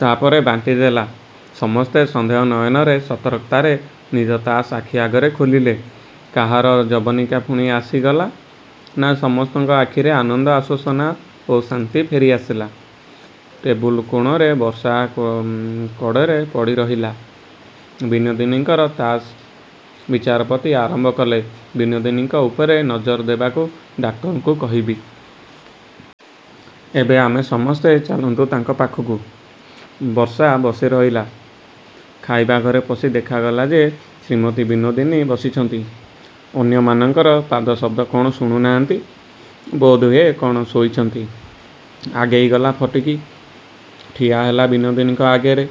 ତା ପରେ ବାଣ୍ଟିଦେଲା। ସମସ୍ତେ ସନ୍ଦେହ ନୟନରେ ସତର୍କତାରେ ନିଜ ତାସ୍ ଆଖି ଆଗରେ ଖୋଲିଲେ। କାହାର ଯବନିକା ପୁଣି ଆସିଗଲା? ନା, ସମସ୍ତଙ୍କ ଆଖିରେ ଆନନ୍ଦ, ଆଶ୍ୱାସନା ଓ ଶାନ୍ତି ଫେରିଆସିଲା। ଟେବୁଲ କୋଣରେ ବର୍ଷା କଡ଼ରେ ପଡ଼ିରହିଲା ବିନୋଦିନୀଙ୍କର ତାସ୍। ବିଚାରପତି ଆରମ୍ଭ କଲେ, ବିନୋଦିନୀଙ୍କ ଉପରେ ନଜର ଦେବାକୁ ଡାକ୍ତରକୁ କହିବି। ଏବେ ଆମେ ସମସ୍ତେ ଚାଲନ୍ତୁ ତାଙ୍କ ପାଖକୁ। ବର୍ଷା ବସିରହିଲା। ଖାଇବା ଘରେ ପଶି ଦେଖାଗଲା ଯେ ଶ୍ରୀମତୀ ବିନୋଦିନୀ ବସିଛନ୍ତି। ଅନ୍ୟମାନଙ୍କର ପାଦଶବ୍ଦ କ'ଣ ଶୁଣୁନାହାନ୍ତି? ବୋଧହୁଏ କ'ଣ ଶୋଇଛନ୍ତି? ଆଗେଇଗଲା ଫଟିକ୍। ଠିଆହେଲା ବିନୋଦିନୀଙ୍କ ଆଗରେ।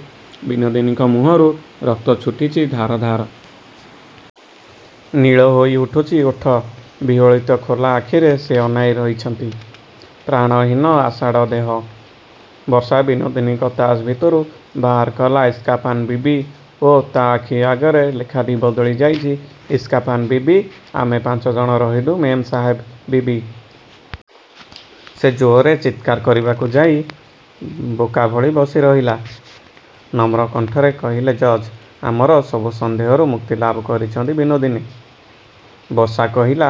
ବିନୋଦିନୀଙ୍କ ମୁହଁରୁ ରକ୍ତ ଛୁଟିଛି ଧାର ଧାର। ନୀଳ ହୋଇଉଠୁଛି ଓଠ। ବିହ୍ଵଳିତ ଖୋଲା ଆଖିରେ ସେ ଅନାଇ ରହିଛନ୍ତି। ପ୍ରାଣହୀନ ଅସାଡ଼ ଦେହ। ବର୍ଷା ବିନୋଦିନୀଙ୍କ ତାସ୍ ଭିତରୁ ବାହାର କଲା ଇସ୍କାପାନ ବିବି ଓ ତା ଆଖି ଆଗରେ ଲେଖାଟି ବଦଳିଯାଇଛି, ଇସ୍କାପାନ ବିବି, ଆମେ ପାଞ୍ଚ ଜଣ ରହିଲୁ ମେମ୍ ସାହେବ ବିବି। ସେ ଜୋରରେ ଚିତ୍କାର କରିବାକୁ ଯାଇ ବୋକାଭଳି ବସିରହିଲା। ନମ୍ର କଣ୍ଠରେ କହିଲେ ଜଜ୍, ଆମର ସବୁ ସନ୍ଦେହରୁ ମୁକ୍ତି ଲାଭ କରିଛନ୍ତି ବିନୋଦିନୀ। ବର୍ଷା କହିଲା,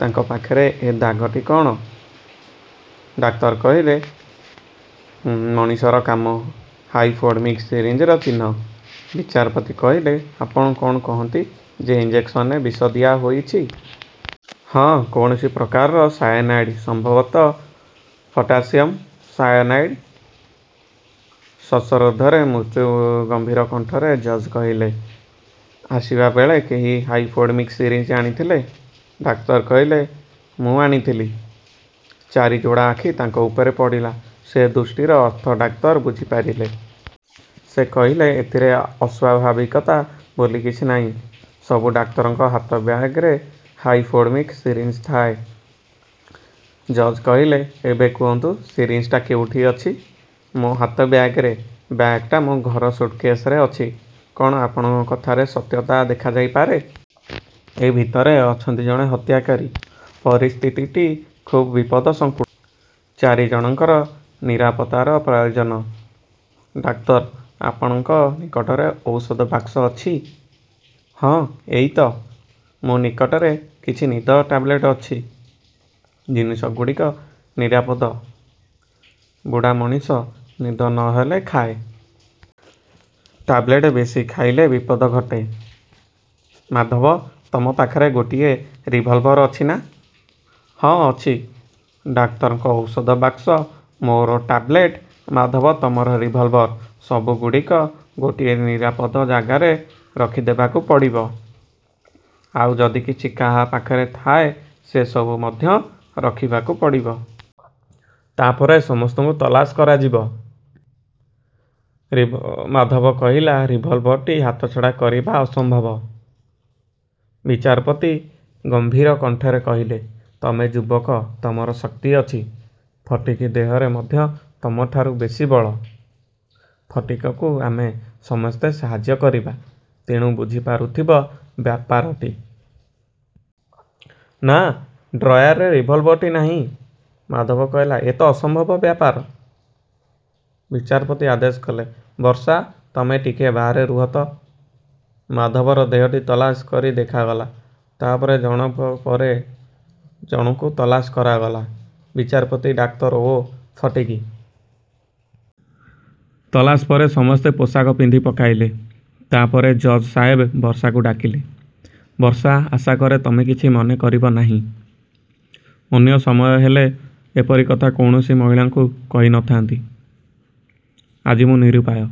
ତାଙ୍କ ପାଖରେ ଏ ଦାଗଟି କ'ଣ? ଡାକ୍ତର କହିଲେ, ମଣିଷର କାମ। ହାଇପୋଡର୍ମିକ ସିରିଞ୍ଜର ଚିହ୍ନ। ବିଚାରପତି କହିଲେ, ଆପଣ କ'ଣ କହନ୍ତି ଯେ ଇଞ୍ଜେକ୍ସନରେ ବିଷ ଦିଆହୋଇଛି? ହଁ, କୌଣସି ପ୍ରକାରର ସାୟାନାଇଡ୍। ସମ୍ଭବତଃ ପଟାସିୟମ୍ ସାୟାନାଇଡ୍। ଶ୍ଵାସରୋଧରେ ମୃତ୍ୟୁ। ଗମ୍ଭୀର କଣ୍ଠରେ ଜଜ୍ କହିଲେ, ଆସିବା ବେଳେ କେହି ହାଇପୋଡର୍ମିକ ସିରିଞ୍ଜ ଆଣିଥିଲେ? ଡାକ୍ତର କହିଲେ, ମୁଁ ଆଣିଥିଲି। ଚାରି ଯୋଡ଼ା ଆଖି ତାଙ୍କ ଉପରେ ପଡ଼ିଲା। ସେ ଦୃଷ୍ଟିର ଅର୍ଥ ଡାକ୍ତର ବୁଝିପାରିଲେ। ସେ କହିଲେ, ଏଥିରେ ଅସ୍ଵାଭାବିକତା ବୋଲି କିଛି ନାହିଁ। ସବୁ ଡାକ୍ତରଙ୍କ ହାତ ବ୍ୟାଗରେ ହାଇପୋଡର୍ମିକ ସିରିଞ୍ଜ ଥାଏ। ଜଜ୍ କହିଲେ, ଏବେ କହନ୍ତୁ ସିରିଞ୍ଜଟା କେଉଁଠି ଅଛି? ମୋ ହାତ ବ୍ୟାଗରେ। ବ୍ୟାଗ ଟା ମୋ ଘର ସୁଟକେସରେ ଅଛି। କ'ଣ ଆପଣଙ୍କ କଥାର ସତ୍ୟତା ଦେଖାଯାଇପାରେ? ଏ ଭିତରେ ଅଛନ୍ତି ଜଣେ ହତ୍ୟାକାରୀ। ପରିସ୍ଥିତିଟି ଖୁବ୍ ବିପଦସଂକୁଳ। ଚାରି ଜଣଙ୍କର ନିରାପତ୍ତାର ପ୍ରୟୋଜନ। ଡାକ୍ତର, ଆପଣଙ୍କ ନିକଟରେ ଔଷଧ ବାକ୍ସ ଅଛି। ହଁ, ଏଇ ତ। ମୋ ନିକଟରେ କିଛି ନିଦ ଟାବଲେଟ୍ ଅଛି। ଜିନିଷଗୁଡ଼ିକ ନିରାପଦ। ବୁଢ଼ା ମଣିଷ। ନିଦ ନ ହେଲେ ଖାଏ। ଟାବଲେଟ୍ ବେଶି ଖାଇଲେ ବିପଦ ଘଟେ। ମାଧବ, ତମ ପାଖରେ ଗୋଟାଏ ରିଭଲଭର ଅଛି ନା? ହଁ, ଅଛି। ଡାକ୍ତରଙ୍କ ଔଷଧ ବାକ୍ସ, ମୋର ଟାବଲେଟ୍, ମାଧବ ତମର ରିଭଲଭର, ସବୁଗୁଡ଼ିକ ଗୋଟାଏ ନିରାପଦ ଜାଗାରେ ରଖିଦେବାକୁ ପଡ଼ିବ। ଆଉ ଯଦି କିଛି କାହା ପାଖରେ ଥାଏ ସେସବୁ ମଧ୍ୟ ରଖିବାକୁ ପଡ଼ିବ। ତା ପରେ ସମସ୍ତଙ୍କୁ ତଲାସ କରାଯିବ। ମାଧବ କହିଲା, ରିଭଲଭର ଟି ହାତଛଡ଼ା କରିବା ଅସମ୍ଭବ। ବିଚାରପତି ଗମ୍ଭୀର କଣ୍ଠରେ କହିଲେ, ତମେ ଯୁବକ, ତମର ଶକ୍ତି ଅଛି। ଫଟିକ୍ ଦେହରେ ମଧ୍ୟ ତମଠାରୁ ବେଶି ବଳ। ଫଟିକକୁ ଆମେ ସମସ୍ତେ ସାହାଯ୍ୟ କରିବା। ତେଣୁ ବୁଝିପାରୁଥିବ ବ୍ୟାପାରଟି। ନା, ଡ୍ରୟାରରେ ରିଭଲଭର ଟି ନାହିଁ! ମାଧବ କହିଲା, ଏ ତ ଅସମ୍ଭବ ବ୍ୟାପାର! ବିଚାରପତି ଆଦେଶ କଲେ, ବର୍ଷା, ତମେ ଟିକିଏ ବାହାରେ ରୁହ ତ। ମାଧବର ଦେହଟି ତଲାସ କରି ଦେଖାଗଲା। ତା ପରେ ଜଣକ ପରେ ଜଣକୁ ତଲାସ କରାଗଲା, ବିଚାରପତି, ଡାକ୍ତର ଓ ଫଟିକ୍। ତଲାସ ପରେ ସମସ୍ତେ ପୋଷାକ ପିନ୍ଧି ପକାଇଲେ। ତା ପରେ ଜଜ୍ ସାହେବ ବର୍ଷାକୁ ଡାକିଲେ, ବର୍ଷା, ଆଶା କରେ ତମେ କିଛି ମନେ କରିବ ନାହିଁ। ଅନ୍ୟ ସମୟ ହେଲେ ଏପରି କଥା କୌଣସି ମହିଳାକୁ କହି ନ ଥାନ୍ତି। ଆଜି ମୁଁ ନିରୁପାୟ।